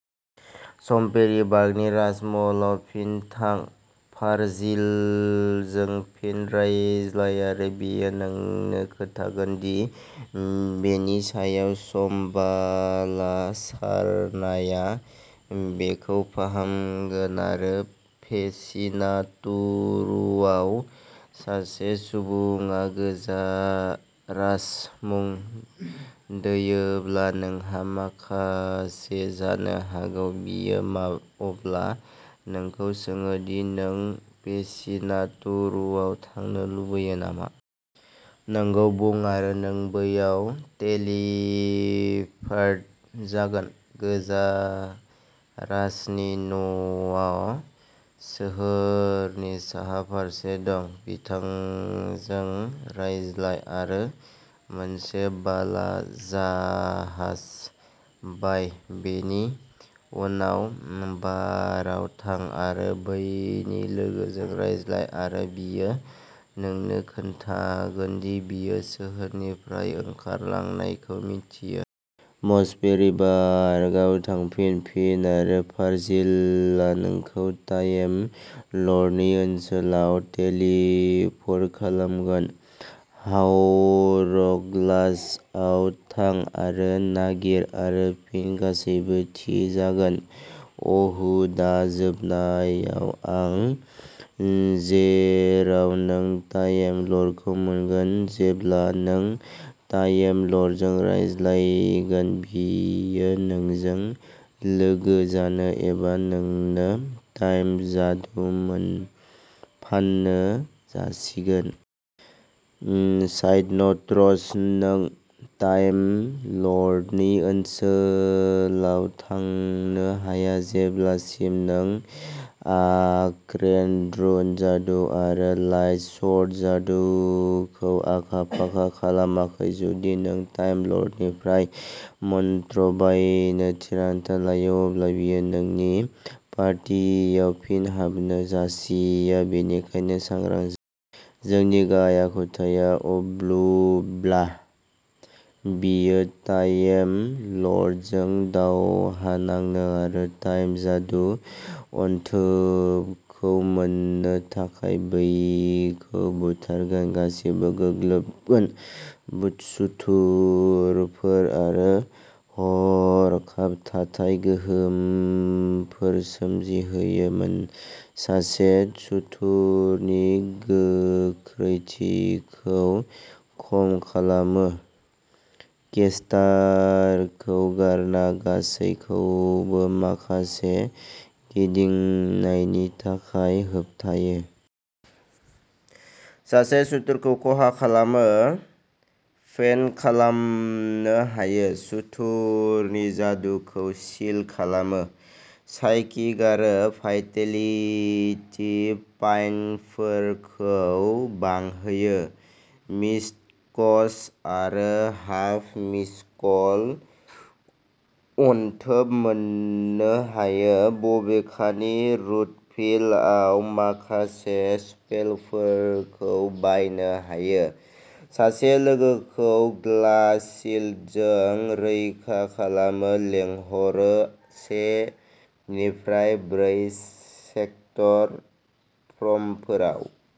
मसपेरिबार्गनि राजमहलाव फिन थां। भार्जिलजों फिन रायज्लाय आरो बियो नोंनो खोन्थागोन दि बेनि सायाव सम बाला सारनाया बेखौ फाहामगोन आरो फेसिनातुरुआव सासे सुबुङा गोजारास मुं दोयोब्ला नोंहा माखासे जानो हागौ। बियो अब्ला नोंखौ सोङो दि नों फेसिनातुरुआव थांनो लुगैयो नामा? नंगौ बुं आरो नों बैयाव टेलिपार्ट जागोन। गोजारासनि न'आ सोहोरनि साहा फारसे दं। बिथांजों रायज्लाय आरो मोनसे बाला जाहाज बाय, बेनि उनाव बारआव थां आरो बैनि लोगोजों रायज्लाय आरो बियो नोंनो खोन्थागोन दि बियो सोहोरनिफ्राय ओंखारलांनायखौ मिन्थियो। मसपेरिबार्गआव थांफिन फिन आरो भार्जिलआ नोंखौ टाइम लर्डनि ओनसोलाव टेलिप'र्ट खालामगोन। हावरग्लासआव आं आरो नागिर आरो फिन, गासैबो थि जागोन, उ हु दा जोबनायाव थां जेराव नों टाइम लर्डखौ मोनगोन। जेब्ला नों टाइम लर्डजों रायज्लायगोन बियो नोंजों लोगो जानो एबा नोंनो टाइम जादु फाननो जासिगोन। साइड न'ट्स नों टाइम लर्डनि ओनसोलाव थांनो हाया जेब्लासिम नों आर्केन रुन जादु आरो लाइटशैड'जादुखौ आखा-फाखा खालामाखै। जुदि नों टाइम लर्डनिफ्राय मंत्र बायनो थिरांथा लायो, अब्ला बियो नोंनि पार्टियाव फिन हाबनो जासिया, बेनिखायनो सांग्रां जा। जोंनि गाहाय आखुथाया अब्लुब्ला, बियो टाइम लर्डजों दावहा नांगोन आरो टाइम जादुनि अनथोबखौ मोननो थाखाय बैखौ बुथारगोन। गासिबो गोग्लोबगोन। सुथुरफोर आरो हरखाब थाथाय गोहोमफोर सोमजिहोयो। सासे सुथुरनि गोख्रैथिखौ खम खालामो। केस्टारखौ गारना गासैखौबो माखासे गिदिंनायनि थाखाय होबथायो। सासे सुथुरखौ खहा खालामो, फेन्ट खालामनो हायो, सुथुरनि जादुखौ सिल खालामो। साइकिक आरो भाइटेलिटि पाइन्टफोरखौ बांहोयो। मिस्टिक्स आरो हाफ मिस्टिकल' अनथोब मोन्नो हायो बबेखानि, रूटभिल आव माखासे स्पेलफोरखौ बायनो हायो। सासे लोगोखौ ग्लास शील्डजों रैखा खालामो लेंहरो से निफ्राय ब्रै केस्टार भ्रमफोराव।